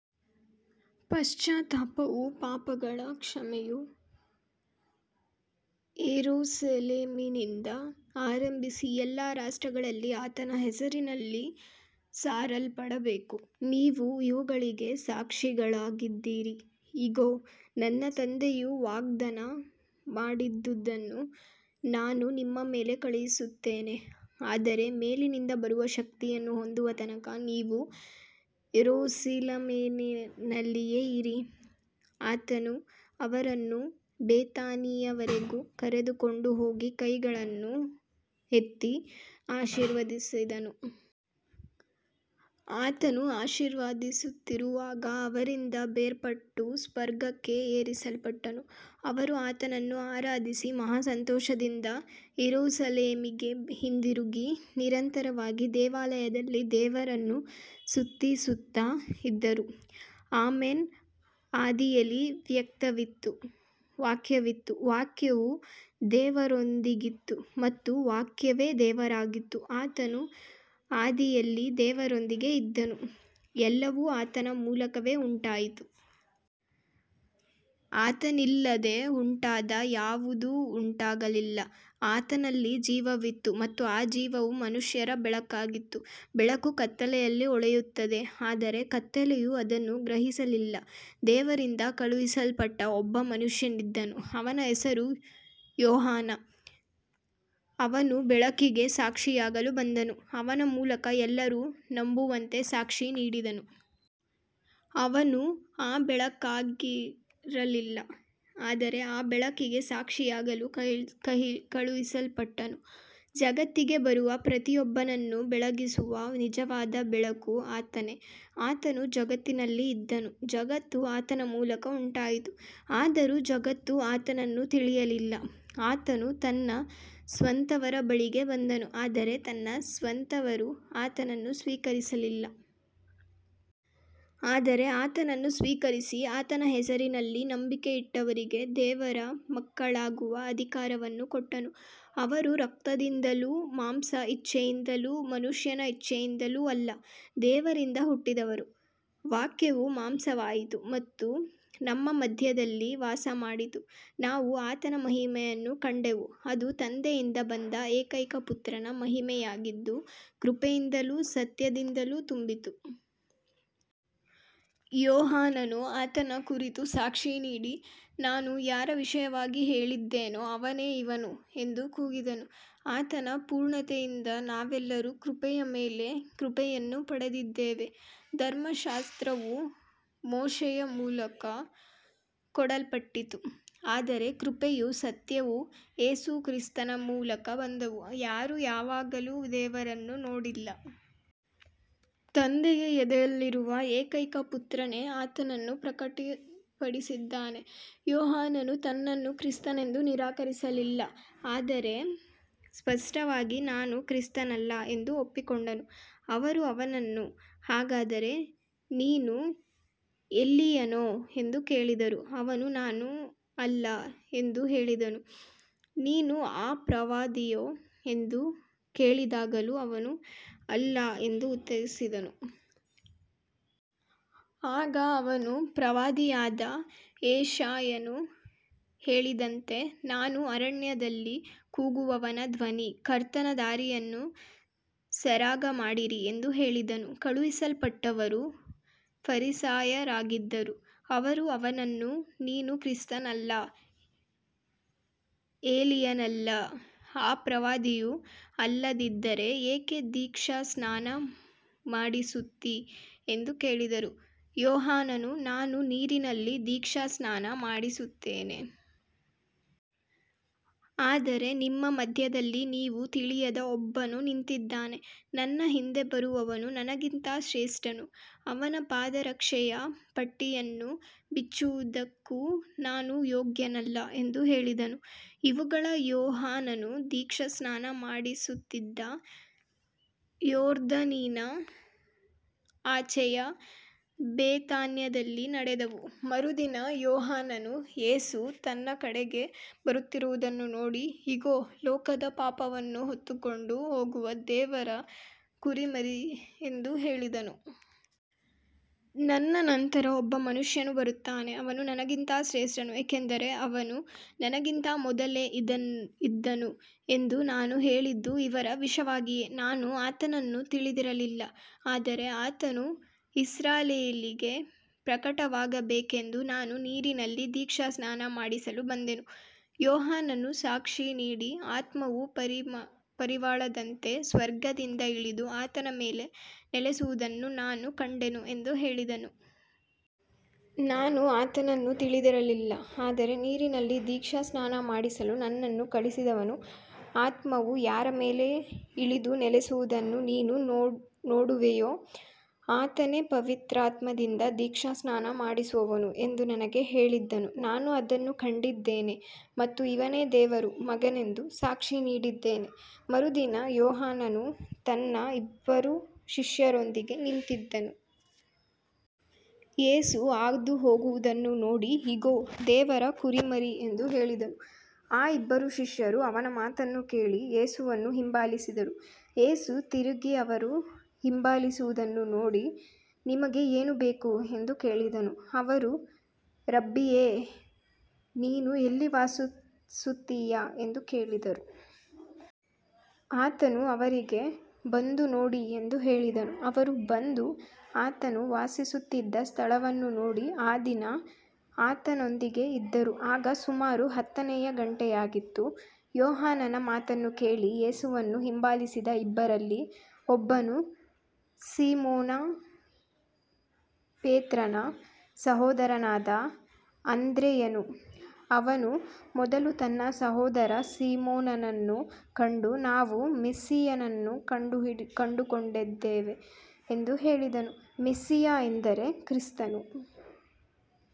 ಪಶ್ಚಾತ್ತಾಪವೂ ಪಾಪಗಳ ಕ್ಷಮೆಯೂ ಯೆರೂಸಲೇಮಿನಿಂದ ಆರಂಭಿಸಿ ಎಲ್ಲಾ ರಾಷ್ಟ್ರಗಳಲ್ಲಿ ಆತನ ಹೆಸರಿನಲ್ಲಿ ಸಾರಲ್ಪಡಬೇಕು. ನೀವು ಇವುಗಳಿಗೆ ಸಾಕ್ಷಿಗಳಾಗಿದ್ದೀರಿ. ಇಗೋ, ನನ್ನ ತಂದೆಯು ವಾಗ್ದಾನ ಮಾಡಿದುದನ್ನು ನಾನು ನಿಮ್ಮ ಮೇಲೆ ಕಳುಹಿಸುತ್ತೇನೆ. ಆದರೆ ಮೇಲಿನಿಂದ ಬರುವ ಶಕ್ತಿಯನ್ನು ಹೊಂದುವ ತನಕ ನೀವು ಯೆರೂಸಲೇಮಿನಲ್ಲಿಯೇ ಇರಿ. ಆತನು ಅವರನ್ನು ಬೆಥಾನಿಯವರೆಗೆ ಕರೆದುಕೊಂಡು ಹೋಗಿ ಕೈಗಳನ್ನು ಎತ್ತಿ ಆಶೀರ್ವದಿಸಿದನು. ಆತನು ಆಶೀರ್ವದಿಸುತ್ತಿರುವಾಗ ಅವರಿಂದ ಬೇರ್ಪಟ್ಟು ಸ್ವರ್ಗಕ್ಕೆ ಏರಿಸಲ್ಪಟ್ಟನು. ಅವರು ಆತನನ್ನು ಆರಾಧಿಸಿ ಮಹಾ ಸಂತೋಷದಿಂದ ಯೆರೂಸಲೇಮಿಗೆ ಹಿಂದಿರುಗಿ, ನಿರಂತರವಾಗಿ ದೇವಾಲಯದಲ್ಲಿ ದೇವರನ್ನು ಸ್ತುತಿಸುತ್ತಾ ಇದ್ದರು. ಆಮೆನ್. ಆದಿಯಲ್ಲಿ ವಾಕ್ಯವಿತ್ತು. ವಾಕ್ಯವು ದೇವರೊಂದಿಗಿತ್ತು ಮತ್ತು ವಾಕ್ಯವೇ ದೇವರಾಗಿತ್ತು. ಆತನು ಆದಿಯಲ್ಲಿ ದೇವರೊಂದಿಗೆ ಇದ್ದನು. ಎಲ್ಲವೂ ಆತನ ಮೂಲಕವೇ ಉಂಟಾಯಿತು. ಆತನಿಲ್ಲದೆ ಉಂಟಾದ ಯಾವುದೂ ಉಂಟಾಗಲಿಲ್ಲ. ಆತನಲ್ಲಿ ಜೀವವಿತ್ತು ಮತ್ತು ಆ ಜೀವವು ಮನುಷ್ಯರ ಬೆಳಕಾಗಿತ್ತು. ಬೆಳಕು ಕತ್ತಲೆಯಲ್ಲಿ ಹೊಳೆಯುತ್ತದೆ, ಆದರೆ ಕತ್ತಲೆಯು ಅದನ್ನು ಗ್ರಹಿಸಲಿಲ್ಲ. ದೇವರಿಂದ ಕಳುಹಿಸಲ್ಪಟ್ಟ ಒಬ್ಬ ಮನುಷ್ಯನಿದ್ದನು. ಅವನ ಹೆಸರು ಯೋಹಾನ. ಅವನು ಬೆಳಕಿಗೆ ಸಾಕ್ಷಿಯಾಗಲು ಬಂದನು, ಅವನ ಮೂಲಕ ಎಲ್ಲರೂ ನಂಬುವಂತೆ ಸಾಕ್ಷಿ ನೀಡಿದನು. ಅವನು ಆ ಬೆಳಕಾಗಿರಲಿಲ್ಲ, ಆದರೆ ಆ ಬೆಳಕಿಗೆ ಸಾಕ್ಷಿಯಾಗಲು ಕಳುಹಿಸಲ್ಪಟ್ಟನು. ಜಗತ್ತಿಗೆ ಬರುವ ಪ್ರತಿಯೊಬ್ಬನನ್ನೂ ಬೆಳಗಿಸುವ ನಿಜವಾದ ಬೆಳಕು ಆತನೇ. ಆತನು ಜಗತ್ತಿನಲ್ಲಿ ಇದ್ದನು, ಜಗತ್ತು ಆತನ ಮೂಲಕ ಉಂಟಾಯಿತು, ಆದರೂ ಜಗತ್ತು ಆತನನ್ನು ತಿಳಿಯಲಿಲ್ಲ. ಆತನು ತನ್ನ ಸ್ವಂತವರ ಬಳಿಗೆ ಬಂದನು, ಆದರೆ ತನ್ನ ಸ್ವಂತವರು ಆತನನ್ನು ಸ್ವೀಕರಿಸಲಿಲ್ಲ. ಆದರೆ ಆತನನ್ನು ಸ್ವೀಕರಿಸಿ ಆತನ ಹೆಸರಿನಲ್ಲಿ ನಂಬಿಕೆಯಿಟ್ಟವರಿಗೆ ದೇವರ ಮಕ್ಕಳಾಗುವ ಅಧಿಕಾರವನ್ನು ಕೊಟ್ಟನು. ಅವರು ರಕ್ತದಿಂದಲೂ, ಮಾಂಸದ ಇಚ್ಛೆಯಿಂದಲೂ, ಮನುಷ್ಯನ ಇಚ್ಛೆಯಿಂದಲೂ ಅಲ್ಲ, ದೇವರಿಂದ ಹುಟ್ಟಿದವರು. ವಾಕ್ಯವು ಮಾಂಸವಾಯಿತು ಮತ್ತು ನಮ್ಮ ಮಧ್ಯದಲ್ಲಿ ವಾಸಮಾಡಿತು. ನಾವು ಆತನ ಮಹಿಮೆಯನ್ನು ಕಂಡೆವು. ಅದು ತಂದೆಯಿಂದ ಬಂದ ಏಕೈಕ ಪುತ್ರನ ಮಹಿಮೆಯಾಗಿದ್ದು, ಕೃಪೆಯಿಂದಲೂ ಸತ್ಯದಿಂದಲೂ ತುಂಬಿತ್ತು. ಯೋಹಾನನು ಆತನ ಕುರಿತು ಸಾಕ್ಷಿ ನೀಡಿ, ನಾನು ಯಾರ ವಿಷಯವಾಗಿ ಹೇಳಿದ್ದೆನೋ ಅವನೇ ಇವನು ಎಂದು ಕೂಗಿದನು. ಆತನ ಪೂರ್ಣತೆಯಿಂದ ನಾವೆಲ್ಲರೂ ಕೃಪೆಯ ಮೇಲೆ ಕೃಪೆಯನ್ನು ಪಡೆದಿದ್ದೇವೆ. ಧರ್ಮಶಾಸ್ತ್ರವು ಮೋಶೆಯ ಮೂಲಕ ಕೊಡಲ್ಪಟ್ಟಿತು, ಆದರೆ ಕೃಪೆಯೂ ಸತ್ಯವೂ ಯೇಸು ಕ್ರಿಸ್ತನ ಮೂಲಕ ಬಂದವು. ಯಾರೂ ಯಾವಾಗಲೂ ದೇವರನ್ನು ನೋಡಿಲ್ಲ. ತಂದೆಯ ಎದೆಯಲ್ಲಿರುವ ಏಕೈಕ ಪುತ್ರನೇ ಆತನನ್ನು ಪ್ರಕಟಪಡಿಸಿದ್ದಾನೆ. ಯೋಹಾನನು ತನ್ನನ್ನು ಕ್ರಿಸ್ತನೆಂದು ನಿರಾಕರಿಸಲಿಲ್ಲ, ಆದರೆ ಸ್ಪಷ್ಟವಾಗಿ, ನಾನು ಕ್ರಿಸ್ತನಲ್ಲ ಎಂದು ಒಪ್ಪಿಕೊಂಡನು. ಅವರು ಅವನನ್ನು, ಹಾಗಾದರೆ ನೀನು ಎಲೀಯನೋ ಎಂದು ಕೇಳಿದರು. ಅವನು, ನಾನು ಅಲ್ಲ ಎಂದು ಹೇಳಿದನು. ನೀನು ಆ ಪ್ರವಾದಿಯೋ ಎಂದು ಕೇಳಿದಾಗಲೂ ಅವನು, ಅಲ್ಲ ಎಂದು ಉತ್ತರಿಸಿದನು. ಆಗ ಅವನು, ಪ್ರವಾದಿಯಾದ ಯೆಶಾಯನು ಹೇಳಿದಂತೆ, ನಾನು ಅರಣ್ಯದಲ್ಲಿ ಕೂಗುವವನ ಧ್ವನಿ, ಕರ್ತನ ದಾರಿಯನ್ನು ಸರಾಗಮಾಡಿರಿ ಎಂದು ಹೇಳಿದನು. ಕಳುಹಿಸಲ್ಪಟ್ಟವರು ಫರಿಸಾಯರಾಗಿದ್ದರು. ಅವರು ಅವನನ್ನು, ನೀನು ಕ್ರಿಸ್ತನಲ್ಲ, ಎಲೀಯನಲ್ಲ, ಆ ಪ್ರವಾದಿಯೂ ಅಲ್ಲದಿದ್ದರೆ ಏಕೆ ದೀಕ್ಷಾಸ್ನಾನ ಮಾಡಿಸುತ್ತೀ ಎಂದು ಕೇಳಿದರು. ಯೋಹಾನನು, ನಾನು ನೀರಿನಲ್ಲಿ ದೀಕ್ಷಾಸ್ನಾನ ಮಾಡಿಸುತ್ತೇನೆ. ಆದರೆ ನಿಮ್ಮ ಮಧ್ಯದಲ್ಲಿ ನೀವು ತಿಳಿಯದ ಒಬ್ಬನು ನಿಂತಿದ್ದಾನೆ. ನನ್ನ ಹಿಂದೆ ಬರುವವನು ನನಗಿಂತ ಶ್ರೇಷ್ಠನು. ಅವನ ಪಾದರಕ್ಷೆಯ ಪಟ್ಟಿಯನ್ನು ಬಿಚ್ಚುವುದಕ್ಕೂ ನಾನು ಯೋಗ್ಯನಲ್ಲ ಎಂದು ಹೇಳಿದನು. ಇವುಗಳು ಯೋಹಾನನು ದೀಕ್ಷಾಸ್ನಾನ ಮಾಡಿಸುತ್ತಿದ್ದ ಯೊರ್ದಾನಿನ ಆಚೆಯ ಬೇತಾನ್ಯದಲ್ಲಿ ನಡೆದವು. ಮರುದಿನ ಯೋಹಾನನು ಯೇಸು ತನ್ನ ಕಡೆಗೆ ಬರುತ್ತಿರುವುದನ್ನು ನೋಡಿ, ಇಗೋ, ಲೋಕದ ಪಾಪವನ್ನು ಹೊತ್ತುಕೊಂಡು ಹೋಗುವ ದೇವರ ಕುರಿಮರಿ ಎಂದು ಹೇಳಿದನು. ನನ್ನ ನಂತರ ಒಬ್ಬ ಮನುಷ್ಯನು ಬರುತ್ತಾನೆ, ಅವನು ನನಗಿಂತ ಶ್ರೇಷ್ಠನು, ಏಕೆಂದರೆ ಅವನು ನನಗಿಂತ ಮೊದಲೇ ಇದ್ದನು ಎಂದು ನಾನು ಹೇಳಿದ್ದು ಇವರ ವಿಷಯವಾಗಿಯೇ. ನಾನು ಆತನನ್ನು ತಿಳಿದಿರಲಿಲ್ಲ. ಆದರೆ ಆತನು ಇಸ್ರಾಯೇಲಿಗೆ ಪ್ರಕಟವಾಗಬೇಕೆಂದು ನಾನು ನೀರಿನಲ್ಲಿ ದೀಕ್ಷಾಸ್ನಾನ ಮಾಡಿಸಲು ಬಂದೆನು. ಯೋಹಾನನು ಸಾಕ್ಷಿ ನೀಡಿ, ಆತ್ಮವು ಪಾರಿವಾಳದಂತೆ ಸ್ವರ್ಗದಿಂದ ಇಳಿದು ಆತನ ಮೇಲೆ ನೆಲೆಸುವುದನ್ನು ನಾನು ಕಂಡೆನು ಎಂದು ಹೇಳಿದನು. ನಾನು ಆತನನ್ನು ತಿಳಿದಿರಲಿಲ್ಲ. ಆದರೆ ನೀರಿನಲ್ಲಿ ದೀಕ್ಷಾಸ್ನಾನ ಮಾಡಿಸಲು ನನ್ನನ್ನು ಕಳುಹಿಸಿದವನು, ಆತ್ಮವು ಯಾರ ಮೇಲೆ ಇಳಿದು ನೆಲೆಸುವುದನ್ನು ನೀನು ನೋಡುವೆಯೋ ಆತನೇ ಪವಿತ್ರಾತ್ಮದಿಂದ ದೀಕ್ಷಾಸ್ನಾನ ಮಾಡಿಸುವವನು ಎಂದು ನನಗೆ ಹೇಳಿದ್ದನು. ನಾನು ಅದನ್ನು ಕಂಡಿದ್ದೇನೆ ಮತ್ತು ಇವನೇ ದೇವರ ಮಗನೆಂದು ಸಾಕ್ಷಿ ನೀಡಿದ್ದೇನೆ. ಮರುದಿನ ಯೋಹಾನನು ತನ್ನ ಇಬ್ಬರು ಶಿಷ್ಯರೊಂದಿಗೆ ನಿಂತಿದ್ದನು. ಯೇಸು ಹಾದುಹೋಗುವುದನ್ನು ನೋಡಿ, ಇಗೋ, ದೇವರ ಕುರಿಮರಿ ಎಂದು ಹೇಳಿದನು. ಆ ಇಬ್ಬರು ಶಿಷ್ಯರು ಅವನ ಮಾತನ್ನು ಕೇಳಿ ಯೇಸುವನ್ನು ಹಿಂಬಾಲಿಸಿದರು. ಯೇಸು ತಿರುಗಿ ಅವರು ಹಿಂಬಾಲಿಸುವುದನ್ನು ನೋಡಿ, ನಿಮಗೆ ಏನು ಬೇಕು ಎಂದು ಕೇಳಿದನು. ಅವರು, ರಬ್ಬಿಯೇ, ನೀನು ಎಲ್ಲಿ ವಾಸಿಸುತ್ತೀಯ ಎಂದು ಕೇಳಿದರು. ಆತನು ಅವರಿಗೆ, ಬಂದು ನೋಡಿ ಎಂದು ಹೇಳಿದನು. ಅವರು ಬಂದು ಆತನು ವಾಸಿಸುತ್ತಿದ್ದ ಸ್ಥಳವನ್ನು ನೋಡಿ, ಆ ದಿನ ಆತನೊಂದಿಗೆ ಇದ್ದರು. ಆಗ ಸುಮಾರು ಹತ್ತನೆಯ ಗಂಟೆಯಾಗಿತ್ತು. ಯೋಹಾನನ ಮಾತನ್ನು ಕೇಳಿ ಯೇಸುವನ್ನು ಹಿಂಬಾಲಿಸಿದ ಇಬ್ಬರಲ್ಲಿ ಒಬ್ಬನು ಸೀಮೋನ ಪೇತ್ರನ ಸಹೋದರನಾದ ಅಂದ್ರೆಯನು. ಅವನು ಮೊದಲು ತನ್ನ ಸಹೋದರ ಸೀಮೋನನನ್ನು ಕಂಡು, ನಾವು ಮೆಸ್ಸೀಯನನ್ನು ಕಂಡುಕೊಂಡಿದ್ದೇವೆ ಎಂದು ಹೇಳಿದನು. ಮೆಸ್ಸೀಯ ಎಂದರೆ ಕ್ರಿಸ್ತನು.